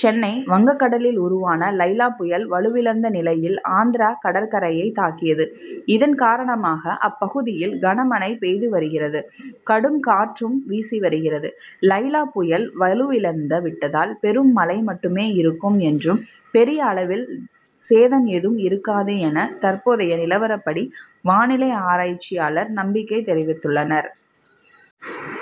சென்னை வங்ககடலில் உருவான லைலா புயல் வலுவிழந்த நிலையில் ஆந்திர கடற்கரையை தாக்கியது. இதன் காரணமாக அப்பகுதியில் கனமழை பெய்து வருகிறது. கடும் காற்றும் வீசி வருகிறது. லைலா புயல் வலுவிழந்து விட்டதால் பெரும் மழை மட்டுமே இருக்கும் என்றும் பெரிய அளவில் சேதம் ஏதும் இருக்காது என தற்போதைய நிலவரப்படி வானிலை ஆராய்ச்சியாளர்கள் நம்பிக்கை தெரிவித்துள்ளனர்.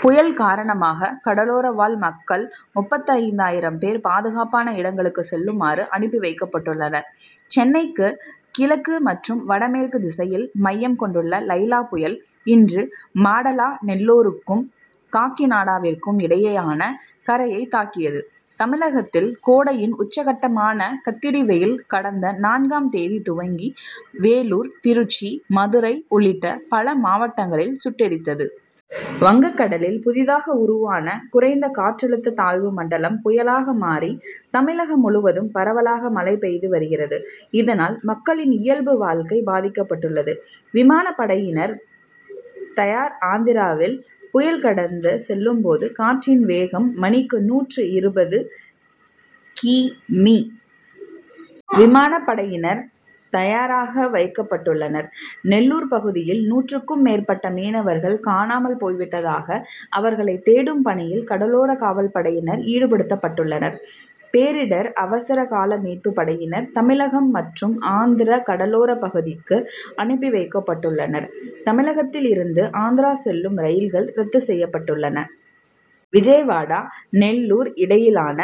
புயல் காரணமாக கடலோரவாழ் மக்கள் முப்பத்தைந்தாயிரம் பேர் பாதுகாப்பான இடங்களுக்கு செல்லுமாறு அனுப்பி வைக்கப்பட்டுள்ளனர். சென்னைக்கு கிழக்கு மற்றும் வடமேற்கு திசையில் மையம் கொண்டுள்ள லைலா புயல் இன்று மாடல நெல்லூருக்கும் காக்கிநாடாவிற்கும் இடையேயான கரையை தாக்கியது. தமிழகத்தில் கோடையின் உச்சகட்டமான கத்திரிவெயில் கடந்த நான்காம் தேதி துவங்கி வேலூர் திருச்சி மதுரை உள்ளிட்ட பல மாவட்டங்களில் சுட்டெரித்தது. வங்கக் கடலில் புதிதாக உருவான குறைந்த காற்றழுத்த தாழ்வு மண்டலம் புயலாக மாறி தமிழகம் முழுவதும் பரவலாக மழை பெய்து வருகிறது. இதனால் மக்களின் இயல்பு வாழ்க்கை பாதிக்கப்பட்டுள்ளது. விமான படையினர் தயார் ஆந்திராவில் புயல் கடந்து செல்லும்போது காற்றின் வேகம் மணிக்கு நூற்று இருபது கி.மீ. விமான படையினர் தயாராக வைக்கப்பட்டுள்ளனர். நெல்லூர் பகுதியில் நூற்றுக்கும் மேற்பட்ட மீனவர்கள் காணாமல் போய்விட்டதாக அவர்களை தேடும் பணியில் கடலோர காவல்படையினர் ஈடுபடுத்தப்பட்டுள்ளனர். பேரிடர் அவசர கால மீட்பு படையினர் தமிழகம் மற்றும் ஆந்திர கடலோர பகுதிக்கு அனுப்பி வைக்கப்பட்டுள்ளனர். தமிழகத்தில் இருந்து ஆந்திரா செல்லும் ரயில்கள் ரத்து செய்யப்பட்டுள்ளன. விஜயவாடா நெல்லூர் இடையிலான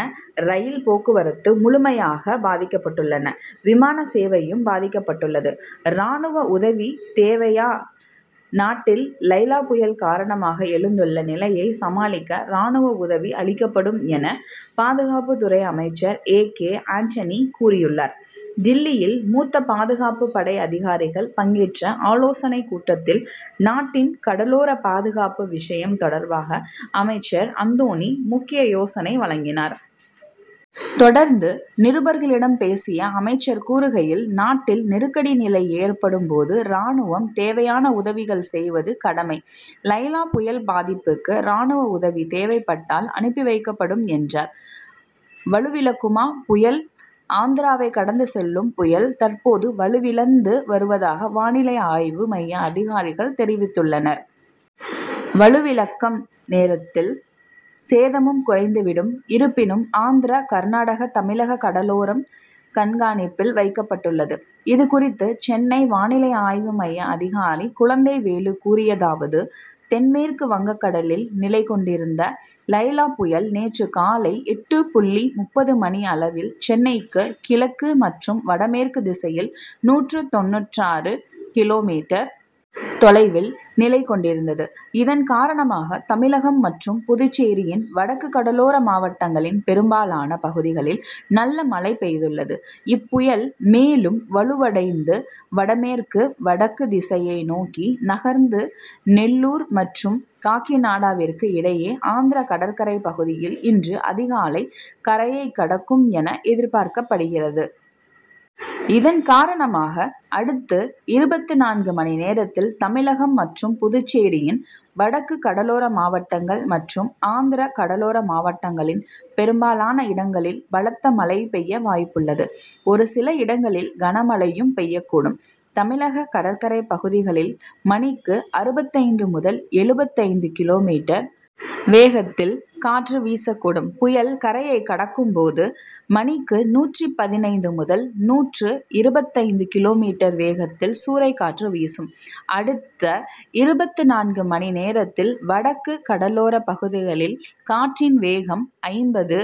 ரயில் போக்குவரத்து முழுமையாக பாதிக்கப்பட்டுள்ளன. விமான சேவையும் பாதிக்கப்பட்டுள்ளது. ராணுவ உதவி தேவையா நாட்டில் லைலா புயல் காரணமாக எழுந்துள்ள நிலையை சமாளிக்க ராணுவ உதவி அளிக்கப்படும் என பாதுகாப்பு துறை அமைச்சர் ஏ. கே. அண்டனி கூறியுள்ளார். டில்லியில் மூத்த பாதுகாப்பு படை அதிகாரிகள் பங்கேற்ற ஆலோசனை கூட்டத்தில் நாட்டின் கடலோர பாதுகாப்பு விஷயம் தொடர்பாக அமைச்சர் அந்தோணி முக்கிய யோசனை வழங்கினார். தொடர்ந்து நிருபர்களிடம் பேசிய அமைச்சர் கூறுகையில் நாட்டில் நெருக்கடி நிலை ஏற்படும் போது ராணுவம் தேவையான உதவிகள் செய்வது கடமை. லைலா புயல் பாதிப்புக்கு ராணுவ உதவி தேவைப்பட்டால் அனுப்பி வைக்கப்படும் என்றார். வலுவிழக்குமா புயல் ஆந்திராவை கடந்து செல்லும் புயல் தற்போது வலுவிழந்து வருவதாக வானிலை ஆய்வு மைய அதிகாரிகள் தெரிவித்துள்ளனர். வலுவிழக்கும் நேரத்தில் சேதமும் குறைந்து விடும். இருப்பினும் ஆந்திர கர்நாடக தமிழக கடலோரம் கண்காணிப்பில் வைக்கப்பட்டுள்ளது. இதுகுறித்து சென்னை வானிலை ஆய்வுமைய அதிகாரி குழந்தைவேலு கூறியதாவது தென்மேற்கு வங்கக்கடலில் நிலைகொண்டிருந்த லைலா புயல் நேற்று காலை எட்டு புள்ளி முப்பது மணியளவில் சென்னைக்கு கிழக்கு மற்றும் வடமேற்கு திசையில் நூற்று தொண்ணூறு கி.மீ. தொலைவில் நிலை கொண்டிருந்தது. இதன் காரணமாக தமிழகம் மற்றும் புதுச்சேரியின் வடக்கு கடலோர மாவட்டங்களின் பெரும்பாலான பகுதிகளில் நல்ல மழை பெய்துள்ளது. இப்புயல் மேலும் வலுவடைந்து வடமேற்கு வடக்கு திசையை நோக்கி நகர்ந்து நெல்லூர் மற்றும் காக்கிநாடாவிற்கு இடையே ஆந்திர கடற்கரை பகுதியில் இன்று அதிகாலை கரையை கடக்கும் என எதிர்பார்க்கப்படுகிறது. இதன் காரணமாக அடுத்த இருபத்துநான்கு மணி நேரத்தில் தமிழகம் மற்றும் புதுச்சேரியின் வடக்கு கடலோர மாவட்டங்கள் மற்றும் ஆந்திர கடலோர மாவட்டங்களின் பெரும்பாலான இடங்களில் பலத்த மழை பெய்ய வாய்ப்புள்ளது. ஒருசில இடங்களில் கனமழையும் பெய்யக்கூடும். தமிழக கடற்கரை பகுதிகளில் மணிக்கு அறுபத்தைந்து முதல் எழுபத்தைந்து கி.மீ. வேகத்தில் காற்று வீசக்கூடும். புயல் கரையை கடக்கும் போது மணிக்கு நூற்று பதினைந்து முதல் நூற்று இருபத்தைந்து கி.மீ. வேகத்தில் சூறைக்காற்று வீசும். அடுத்த இருபத்துநான்கு மணி நேரத்தில் வடக்கு கடலோர பகுதிகளில் காற்றின் வேகம் ஐம்பது.